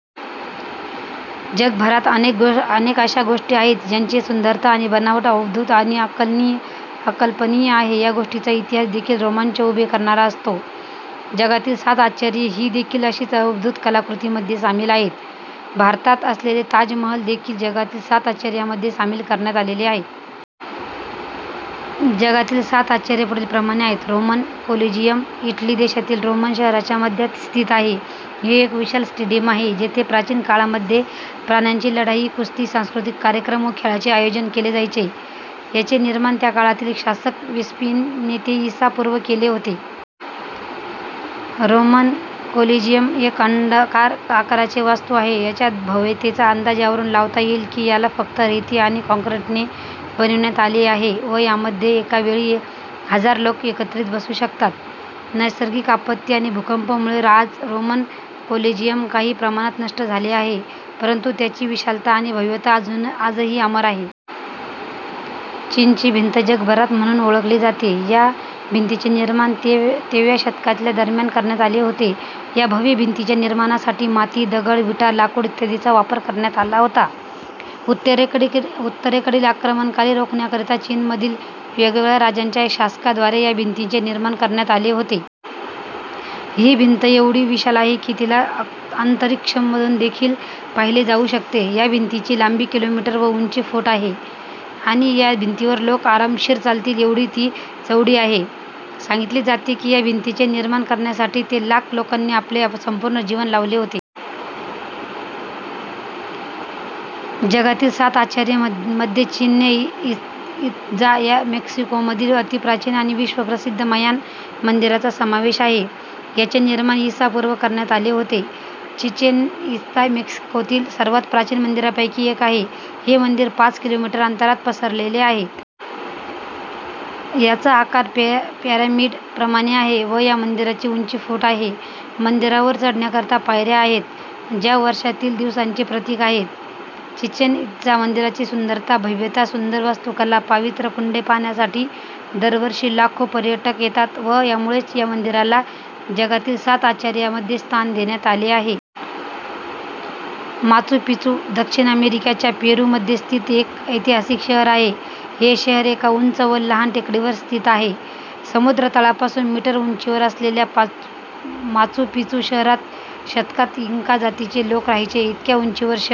: जगभरात अनेक अशा गोष्टी आहेत ज्यांची सुंदरता आणि बनावट अद्भुत आणि अकल्पनीय आहे. या गोष्टींचा इतिहास देखील रोमांच उभे करणारा असतो. जगातील सात आश्चर्य ही देखील अशीच अद्भुत कलाकृतींमध्ये सामील आहेत. भारतात असलेले ताज महाल देखील जगातील सात आश्चर्यांमध्ये सामील करण्यात आलेले आहे. जगातील सात आश्चर्य पुढीलप्रमाणे आहेत रोमन कोलोजियम इटली देशातील रोम शहराच्या मध्यात स्थित आहे. हे एक विशाल स्टेडियम आहे जेथे प्राचीन काळामध्ये प्राण्यांची लढाई, कुस्ती, सांस्कृतिक कार्यक्रम व खेळांचे आयोजन केले जायचे. याचे निर्माण त्याकाळातील शासक वेस्पियन ने ते ईसा पूर्व केले होते. रोमन कोलोजियम एक अंडाकार आकाराचे वास्तू आहे. याच्या भव्यतेचा अंदाज यावरून लावता येईल की याला फक्त रेती आणि काँक्रिट ने बनवण्यात आले आहे व यामध्ये एका वेळी हजार लोक एकत्रित बसू शकतात. नैसर्गिक आपत्ती आणि भूकंप मुळे आज रोमन कोलोजियम काही प्रमाणात नष्ट झाले आहे परंतु त्याची विशालता आणि भव्यता आजही अमर आहे. चीनची भिंत जगभरात म्हणून ओळखली जाते. या भिंतीचे निर्माण ते व्या शतकाच्या दरम्यान करण्यात आले होते. या भव्य भिंतीच्या निर्माणासाठी माती, दगड, विटा, लाकूड इत्यादींचा वापर करण्यात आला होता. उत्तरेकडील आक्रमणकारी रोखण्याकरिता चीनमधील वेगवेगळ्या राज्यांच्या शासका द्वारे या भिंतीचे निर्माण करण्यात आले होते. ही भिंत एवढी विशाल आहे की तिला अंतरिक्ष मधून देखील पाहिले जाऊ शकते. या भिंतीची लांबी किलोमीटर व उंची फूट आहे. आणि या भिंतीवर लोक आरामशीर चालतील एवढी ती चौडी आहे. सांगितले जाते की या भिंतीचे निर्माण करण्यासाठी ते लाख लोकांनी आपले संपूर्ण जीवन लावले होते. जगातील सात आश्चर्य मध्ये चीचेन इत्जा या मेक्सिकोमधील अती प्राचीन आणि विश्व प्रसिद्ध मयान मंदिराचा समावेश आहे. याचे निर्माण ईसा पूर्व करण्यात आले होते. चीचेन इत्जा मेक्सिकोतील सर्वात प्राचीन मंदिरांपैकी एक आहे. हे मंदिर पाच किलोमीटर अंतरात पसरलेले आहे. याचा आकार पिरॅमिड प्रमाणे आहे. व या मंदिराची उंची फूट आहे. मंदिरावर चढण्याकरिता पायऱ्या आहेत, ज्या वर्षातील दिवसांचे प्रतीक आहेत. चीचेन इत्जा मंदिराची सुंदरता, भव्यता, सुंदर वास्तुकला, पवित्र कुंडे पाहण्यासाठी दरवर्षी लाखो पर्यटक येतात व यामुळेच या मंदिराला जगातील सात आश्चर्यांमध्ये स्थान देण्यात आले आहे. माचू पिचू दक्षिण अमेरिका च्या पेरू मध्ये स्थित एक ऐतिहासिक शहर आहे. हे शहर एका उंच व लहान टेकडीवर स्थित आहे. समुद्र तळापासून मीटर उंचीवर असलेल्या माचू पिचू शहरात शतकात इंका जातीचे लोक राहायचे. इतक्या उंचीवर शहर